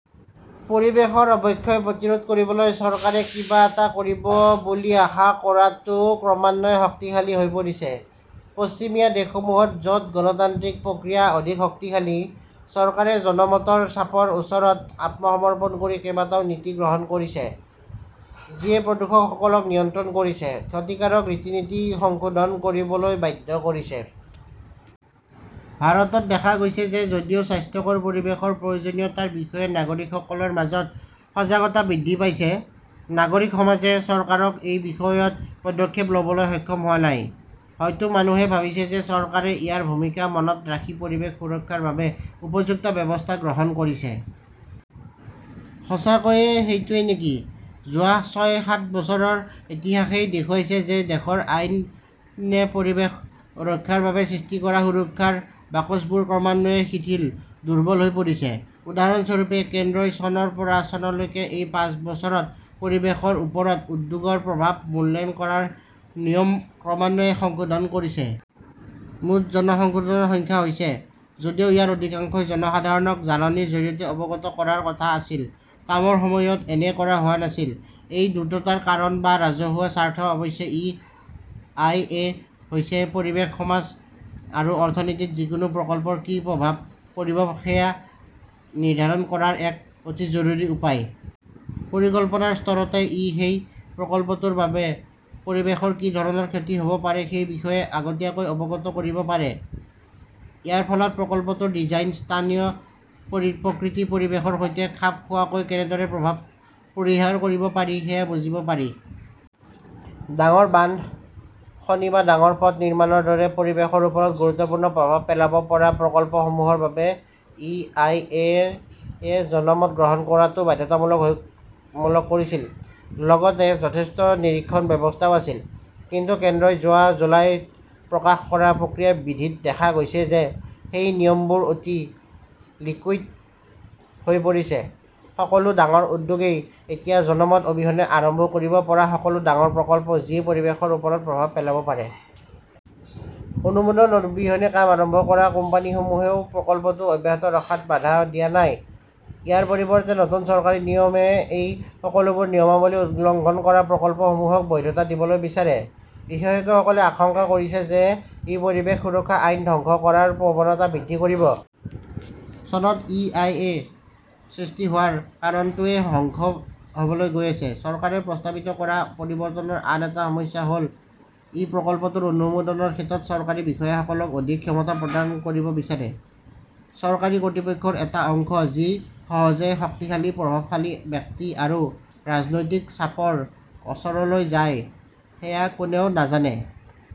পৰিৱেশৰ অৱক্ষয় প্ৰতিৰোধ কৰিবলৈ চৰকাৰে কিবা এটা কৰিব বুলি আশা কৰাটো ক্ৰমান্বয়ে শক্তিশালী হৈ পৰিছে। পশ্চিমীয়া দেশসমূহত য'ত গণতান্ত্ৰিক প্ৰক্ৰিয়া অধিক শক্তিশালী ,চৰকাৰে জনমতৰ চাপৰ ওচৰত আত্মসমৰ্পণ কৰি কেইবাটাও নীতি গ্ৰহণ কৰিছে। যিয়ে প্ৰদূষকসকলক নিয়ন্ত্ৰণ কৰিছে, ক্ষতিকাৰক ৰীতি-নীতি সংশোধন কৰিবলৈ বাধ্য কৰিছে। ভাৰতত দেখা গৈছে যে যদিও স্বাস্থ্যকৰ পৰিৱেশৰ প্ৰয়োজনীয়তাৰ বিষয়ে নাগৰিকসকলৰ মাজত সজাগতা বৃদ্ধি পাইছে, নাগৰিক সমাজে চৰকাৰক এই বিষয়ত পদক্ষেপ ল'বলৈ সক্ষম হোৱা নাই। হয়তো মানুহে ভাবিছে যে চৰকাৰে ইয়াৰ ভূমিকা মনত ৰাখি পৰিৱেশ সুৰক্ষাৰ বাবে উপযুক্ত ব্যৱস্থা গ্ৰহণ কৰিছে। সঁচাকৈয়ে সেইটোৱেই নেকি? যোৱা ছয়, সাত বছৰৰ ইতিহাসই দেখুৱাইছে যে দেশৰ আইনে পৰিৱেশ ৰক্ষাৰ বাবে সৃষ্টি কৰা সুৰক্ষাৰ বাকচবোৰ ক্ৰমান্বয়ে শিথিল, দুৰ্বল হৈ পৰিছে। উদাহৰণস্বৰূপে, কেন্দ্ৰই চনৰ পৰা চনলৈকে এই পাঁচ বছৰত পৰিৱেশৰ ওপৰত উদ্যোগৰ প্ৰভাৱ মূল্যায়ন কৰাৰ নিয়ম ক্ৰমান্বয়ে সংশোধন কৰিছে। মুঠ সংশোধনৰ সংখ্যা হৈছে। যদিও ইয়াৰ অধিকাংশই জনসাধাৰণক জাননীৰ জৰিয়তে অৱগত কৰাৰ কথা আছিল, কামৰ সময়ত এনে কৰা হোৱা নাছিল। এই দ্ৰুততাৰ কাৰণ বা ৰাজহুৱা স্বাৰ্থ অৱশ্যে ই. আই. এ. হৈছে পৰিৱেশ, সমাজ আৰু অৰ্থনীতিত যিকোনো প্ৰকল্পৰ কি প্ৰভাৱ পৰিব সেয়া নিৰ্ধাৰণ কৰাৰ এক অতি জৰুৰী উপায়। পৰিকল্পনাৰ স্তৰতে ই সেই প্ৰকল্পটোৰ বাবে পৰিৱেশৰ কি ধৰণৰ ক্ষতি হ'ব পাৰে সেই বিষয়ে আগতীয়াকৈ অৱগত কৰিব পাৰে। ইয়াৰ ফলত প্ৰকল্পটোৰ ডিজাইন স্থানীয় প্ৰকৃতি-পৰিৱেশৰ সৈতে খাপ খোৱাকৈ কেনেদৰে প্ৰভাৱ পৰিহাৰ কৰিব পাৰি সেয়া বুজিব পাৰি। ডাঙৰ বান্ধ, খনি বা ডাঙৰ পথ নিৰ্মাণৰ দৰে পৰিৱেশৰ ওপৰত গুৰুত্বপূৰ্ণ প্ৰভাৱ পেলাব পৰা প্ৰকল্পসমূহৰ বাবে ই. আই. এ. -য়ে জনমত গ্ৰহণ কৰাটো বাধ্যতামূলক কৰিছিল, লগতে যথেষ্ট নিৰীক্ষণ ব্যৱস্থাও আছিল। কিন্তু কেন্দ্ৰই যোৱা জুলাইত প্ৰকাশ কৰা প্ৰক্ৰিয়া বিধি ত দেখা গৈছে যে সেই নিয়মবোৰ অতি লিকুইড হৈ পৰিছে ,সকলো ডাঙৰ উদ্যোগই এতিয়া জনমত অবিহনে আৰম্ভ কৰিব পৰা সকলো ডাঙৰ প্ৰকল্প, যিয়ে পৰিৱেশৰ ওপৰত প্ৰভাৱ পেলাব পাৰে। অনুমোদন অবিহনে কাম আৰম্ভ কৰা কোম্পানীসমূহেও প্ৰকল্পটো অব্যাহত ৰখাত বাধা দিয়া নাই। ইয়াৰ পৰিৱৰ্তে, নতুন চৰকাৰী নিয়মে এই সকলোবোৰ নিয়মাৱলী উলংঘন কৰা প্ৰকল্পসমূহক বৈধতা দিবলৈ বিচাৰে। বিশেষজ্ঞসকলে আশংকা কৰিছে যে ই পৰিৱেশ সুৰক্ষা আইন ধ্বংস কৰাৰ প্ৰৱণতা বৃদ্ধি কৰিব। চনত ই. আই. এ. সৃষ্টি হোৱাৰ কাৰণটোৱেই ধ্বংস হ'বলৈ গৈ আছে। চৰকাৰে প্ৰস্তাৱিত কৰা পৰিৱৰ্তনৰ আন এটা সমস্যা হ'ল ই প্ৰকল্পটোৰ অনুমোদনৰ ক্ষেত্ৰত চৰকাৰী বিষয়াসকলক অধিক ক্ষমতা প্ৰদান কৰিব বিচাৰে। চৰকাৰী কৰ্তৃপক্ষৰ এটা অংশ যি সহজে শক্তিশালী, প্ৰভাৱশালী ব্যক্তি আৰু ৰাজনৈতিক চাপৰ ওচৰলৈ যায় সেয়া কোনেও নাজানে।